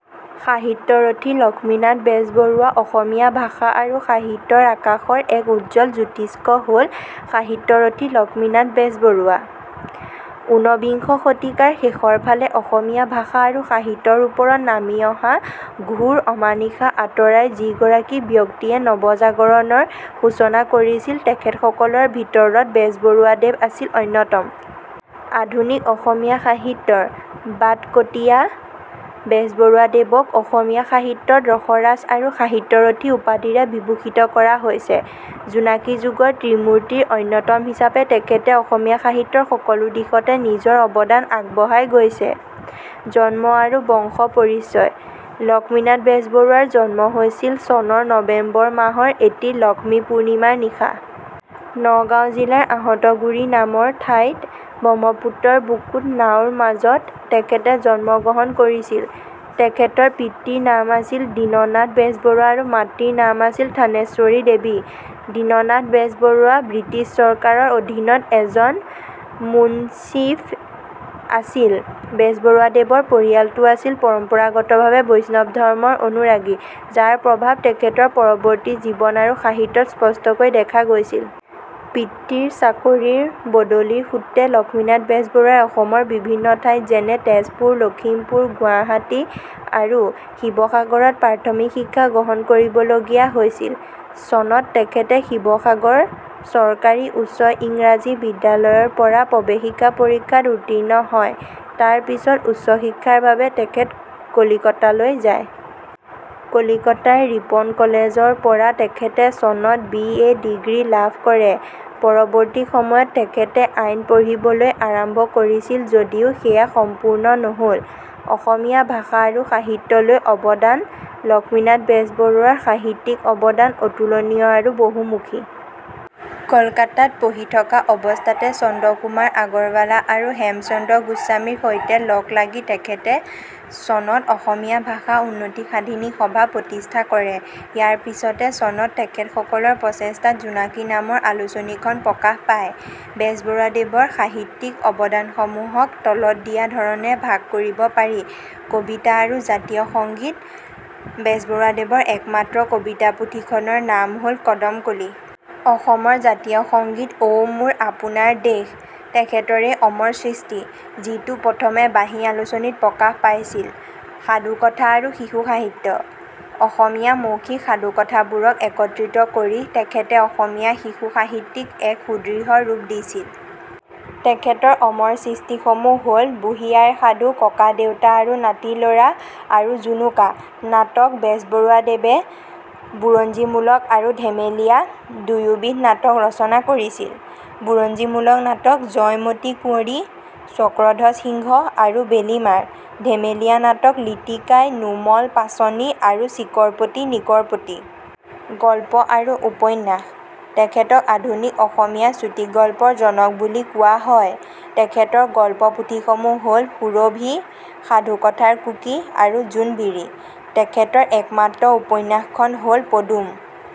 সাহিত্যৰথী লক্ষ্মীনাথ বেজবৰুৱা অসমীয়া ভাষা আৰু সাহিত্যৰ আকাশৰ এক উজ্জ্বল জ্যোতিষ্ক হ'ল সাহিত্যৰথী লক্ষ্মীনাথ বেজবৰুৱা। উনবিংশ শতিকাৰ শেষৰফালে অসমীয়া ভাষা আৰু সাহিত্যৰ ওপৰত নামি অহা ঘোৰ অমানিশা আঁতৰাই যিগৰাকী ব্যক্তিয়ে নৱজাগৰণৰ সূচনা কৰিছিল, তেখেতসকলৰ ভিতৰত বেজবৰুৱাদেৱ আছিল অন্যতম। আধুনিক অসমীয়া সাহিত্যৰ বাটকটীয়া বেজবৰুৱাদেৱক অসমীয়া সাহিত্যত 'ৰসৰাজ' আৰু 'সাহিত্যৰথী' উপাধিৰে বিভূষিত কৰা হৈছে। 'জোনাকী যুগ'ৰ ত্ৰিমূৰ্তিৰ অন্যতম হিচাপে তেখেতে অসমীয়া সাহিত্যৰ সকলো দিশতে নিজৰ অৱদান আগবঢ়াই গৈছে। জন্ম আৰু বংশ পৰিচয়: লক্ষ্মীনাথ বেজবৰুৱাৰ জন্ম হৈছিল চনৰ নৱেম্বৰ মাহৰ এটি লক্ষ্মী পূৰ্ণিমাৰ নিশা। নগাঁও জিলাৰ আঁহতগুৰি নামৰ ঠাইত ব্ৰহ্মপুত্ৰৰ বুকুত নাওৰ মাজত তেখেতে জন্মগ্ৰহণ কৰিছিল। তেখেতৰ পিতৃৰ নাম আছিল দীননাথ বেজবৰুৱা আৰু মাতৃৰ নাম আছিল ঠানেশ্বৰী দেৱী। দীননাথ বেজবৰুৱা বৃটিছ চৰকাৰৰ অধীনত এজন মুন্সিফ আছিল। বেজবৰুৱাদেৱৰ পৰিয়ালটো আছিল পৰম্পৰাগতভাৱে বৈষ্ণৱ ধৰ্মৰ অনুৰাগী, যাৰ প্ৰভাৱ তেখেতৰ পৰৱৰ্তী জীৱন আৰু সাহিত্যত স্পষ্টকৈ দেখা গৈছিল। পিতৃৰ চাকৰিৰ বদলিৰ সূত্ৰে লক্ষ্মীনাথ বেজবৰুৱাই অসমৰ বিভিন্ন ঠাইত যেনে- তেজপুৰ, লখিমপুৰ, গুৱাহাটী আৰু শিৱসাগৰত প্ৰাথমিক শিক্ষা গ্ৰহণ কৰিবলগীয়া হৈছিল। চনত তেখেতে শিৱসাগৰ চৰকাৰী উচ্চ ইংৰাজী বিদ্যালয়ৰ পৰা প্ৰৱেশিকা পৰীক্ষাত উত্তীৰ্ণ হয়। তাৰ পিছত উচ্চ শিক্ষাৰ বাবে তেখেত কলিকতালৈ যায়। কলিকতাৰ ৰিপন কলেজৰ পৰা তেখেতে চনত বি. এ. ডিগ্ৰী লাভ কৰে। পৰৱৰ্তী সময়ত তেখেতে আইন পঢ়িবলৈ আৰম্ভ কৰিছিল যদিও সেয়া সম্পূৰ্ণ নহ'ল। অসমীয়া ভাষা আৰু সাহিত্যলৈ অৱদান: লক্ষ্মীনাথ বেজবৰুৱাৰ সাহিত্যিক অৱদান অতুলনীয় আৰু বহুমুখী। কলিকতাত পঢ়ি থকা অৱস্থাতে চন্দ্ৰকুমাৰ আগৰৱালা আৰু হেমচন্দ্ৰ গোস্বামীৰ সৈতে লগ লাগি তেখেতে চনত 'অসমীয়া ভাষা উন্নতি সাধিনী সভা' প্ৰতিষ্ঠা কৰে। ইয়াৰ পিছতে চনত তেখেতসকলৰ প্ৰচেষ্টাত 'জোনাকী' নামৰ আলোচনীখন প্ৰকাশ পায়। বেজবৰুৱাদেৱৰ সাহিত্যিক অৱদানসমূহক তলত দিয়া ধৰণে ভাগ কৰিব পাৰি: কবিতা আৰু জাতীয় সংগীত: বেজবৰুৱাদেৱৰ একমাত্ৰ কবিতা পুথিখনৰ নাম হ'ল 'কদমকলি'। অসমৰ জাতীয় সংগীত "অ' মোৰ আপোনাৰ দেশ" তেখেতৰেই অমৰ সৃষ্টি, যিটো প্ৰথমে 'বাঁহী' আলোচনীত প্ৰকাশ পাইছিল। সাধুকথা আৰু শিশু সাহিত্য: অসমীয়া মৌখিক সাধুকথাবোৰক একত্ৰিত কৰি তেখেতে অসমীয়া শিশু সাহিত্যক এক সুদৃঢ় ৰূপ দিছিল। তেখেতৰ অমৰ সৃষ্টিসমূহ হ'ল— 'বুঢ়ী আইৰ সাধু', 'ককাদেউতা আৰু নাতিল'ৰা', আৰু 'জুনুকা'। নাটক: বেজবৰুৱাদেৱে বুৰঞ্জীমূলক আৰু ধেমেলীয়া— দুয়োবিধ নাটক ৰচনা কৰিছিল। বুৰঞ্জীমূলক নাটক: 'জয়মতী কুঁৱৰী', 'চক্ৰধ্বজ সিংহ' আৰু 'বেলিমাৰ'। ধেমেলীয়া নাটক: 'লিটিকাই', 'নুমল', 'পাচনি', আৰু 'চিকৰপতি নিকৰপতি'। গল্প আৰু উপন্যাস: তেখেতক আধুনিক অসমীয়া চুটিগল্পৰ জনক বুলি কোৱা হয়। তেখেতৰ গল্প পুথিসমূহ হ'ল— 'সুৰভি', 'সাধুকথাৰ কুঁকি', আৰু 'জোনবিৰি'। তেখেতৰ একমাত্ৰ উপন্যাসখন হ'ল 'পদুম